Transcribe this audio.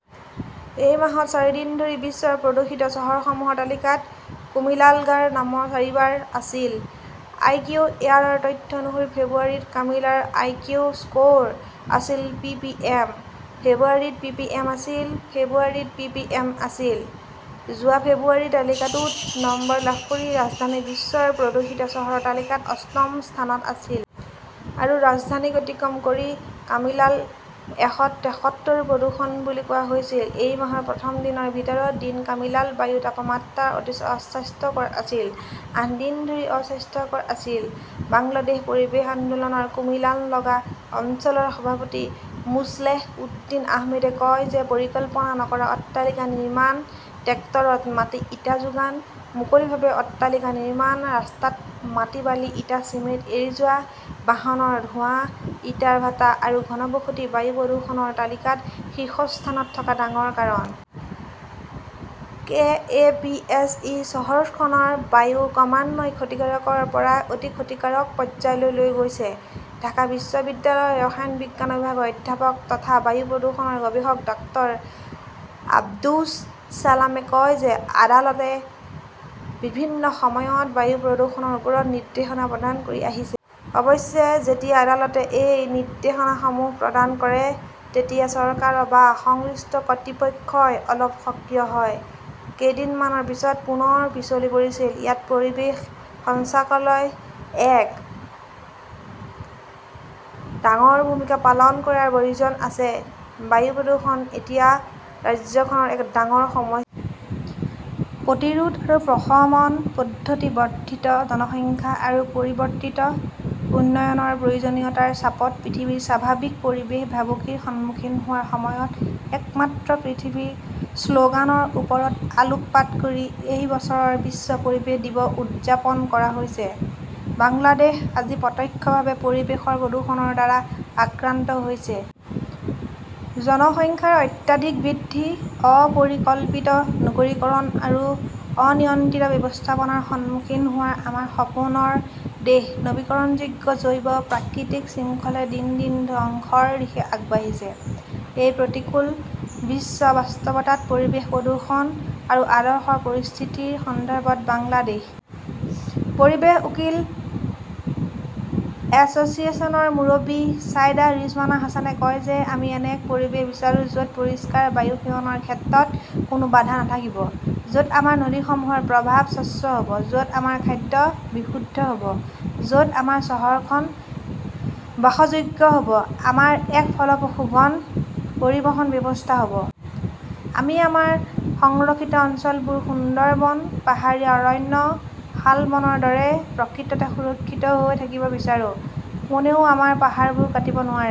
এই মাহত চাৰিদিন ধৰি বিশ্বৰ প্ৰদূষিত চহৰসমূহৰ তালিকাত কুমিলালগাৰ নাম চাৰিবাৰ আছিল। আইকিউ এয়াৰৰ তথ্য অনুসৰি ফেব্ৰুৱাৰীত কামিলাৰ আইকিউ স্ক "ৰ আছিল পিপিএম। ফেব্ৰুৱাৰীত পিপিএম আছিল, ফেব্ৰুৱাৰীত পিপিএম আছিল। যোৱা ফেব্ৰুৱাৰীত তালিকাটোত নম্বৰ লাভ কৰি ৰাজধানী বিশ্বৰ প্ৰদূষিত চহৰৰ তালিকাত অষ্টম স্থানত আছিল। আৰু ৰাজধানীক অতিক্ৰম কৰি কামিলাত এশ তেসত্তৰ প্ৰদূষণ বুলি কোৱা হৈছিল। এই মাহৰ প্ৰথম দিনৰ ভিতৰত দিন কামিলাত বায়ুৰ তাপমাত্ৰা অতি অস্বাস্থ্যকৰ আছিল। আঠ দিন অস্বাস্থ্যকৰ আছিল। বাংলাদেশ পৰিৱেশ আন্দোলনৰ কুমিলালগা অঞ্চলৰ সভাপতি মোছলেহ উদ্দীন আহমেদে কয় যে পৰিকল্পনা নকৰা অট্টালিকা নিৰ্মাণ, ট্ৰেক্টৰত মাটি-ইটা যোগান, মুকলিভাৱে অট্টালিকা নিৰ্মাণ, ৰাস্তাত মাটি বালি ইটা চিমেণ্ট এৰি যোৱা, বাহনৰ ধোঁৱা, ইটাৰ ভাটা আৰু ঘনবসতি বায়ু প্ৰদূষণৰ তালিকাত শীৰ্ষস্থানত থকাৰ ডাঙৰ কাৰণ। K A P S E চহৰখনৰ বায়ু ক্ৰমান্বয়ে ক্ষতিকাৰকৰ পৰা অতি ক্ষতিকাৰক পৰ্যায়লৈ লৈ গৈছে। ঢাকা বিশ্ববিদ্যালয়ৰ ৰসায়ন বিজ্ঞান বিভাগৰ অধ্যাপক তথা বায়ু প্ৰদূষণৰ গৱেষক ডাক্তৰ আব্দুছ ছালামে কয় যে আদালতে বিভিন্ন সময়ত বায়ু প্ৰদূষণৰ ওপৰত নিৰ্দেশনা প্ৰদান কৰি আহিছে। অৱশ্যে, যেতিয়া আদালতে এই নিৰ্দেশনাসমূহ প্ৰদান কৰে, তেতিয়া চৰকাৰ বা সংশ্লিষ্ট কৰ্তৃপক্ষই অলপ সক্ৰিয় হয়। কেইদিনমানৰ পিছত পুনৰ পিছলি পৰিছিল। ইয়াত পৰিৱেশ সঞ্চালকালয়ৰ এক ডাঙৰ ভূমিকা পালন কৰাৰ প্ৰয়োজন আছে। বায়ু প্ৰদূষণ এতিয়া ৰাজ্যখনৰ এক ডাঙৰ সমস্যা। প্ৰতিৰোধ আৰু প্ৰশমন পদ্ধতি বৰ্ধিত জনসংখ্যা আৰু পৰিৱৰ্তিত উন্নয়নৰ প্ৰয়োজনীয়তাৰ চাপত পৃথিৱীৰ স্বাভাৱিক পৰিৱেশ ভাবুকিৰ সন্মুখীন হোৱাৰ সময়ত একমাত্ৰ পৃথিৱী শ্লোগানৰ ওপৰত আলোকপাত কৰি এই বছৰ বিশ্ব পৰিৱেশ দিৱস উদযাপন কৰা হৈছে। বাংলাদেশ আজি প্ৰত্যক্ষভাৱে পৰিৱেশৰ প্ৰদূষণৰ দ্বাৰা আক্ৰান্ত হৈছে। জনসংখ্যাৰ অত্যাধিক বৃদ্ধি, অপৰিকল্পিত নগৰীকৰণ আৰু অনিয়ন্ত্ৰিত ব্যৱস্থাপনাৰ সন্মুখীন হোৱা আমাৰ সপোনৰ দেশ নৱীকৰণযোগ্য জৈৱ প্ৰাকৃতিক শৃংখলে দিন দিন ধ্বংসৰ দিশে আগবাঢ়িছে। এই প্ৰতিকূল বিশ্ব বাস্তৱতাত পৰিৱেশ প্ৰদূষণ আৰু আদৰ্শ পৰিস্থিতিৰ সন্দৰ্ভত বাংলাদেশ পৰিৱেশ উকিল এছ চিয়েশ্যনৰ মুৰব্বী ছায়েদা ৰিজৱানা হাছানে কয় যে আমি এনে এক পৰিৱেশ বিচাৰো য’ত পৰিষ্কাৰ বায়ু সেৱনৰ ক্ষেত্ৰত কোনো বাধা নাথাকিব, য’ত আমাৰ নদীসমূহৰ প্ৰবাহ স্বচ্ছ হ’ব, য’ত আমাৰ খাদ্য বিশুদ্ধ হ’ব, য’ত আমাৰ চহৰখন বাসযোগ্য হ’ব, আমাৰ এক ফলপ্ৰসূ গণ পৰিবহণ ব্যৱস্থা হ’ব। আমি আমাৰ সংৰক্ষিত অঞ্চলবোৰ-সুন্দৰবন, পাহাৰীয়া অৰণ্য, শালবনৰ দৰে-প্ৰকৃততে সুৰক্ষিত হৈ থাকিব বিচাৰো, কোনেও আমাৰ পাহাৰবোৰ কাটিব নোৱাৰে।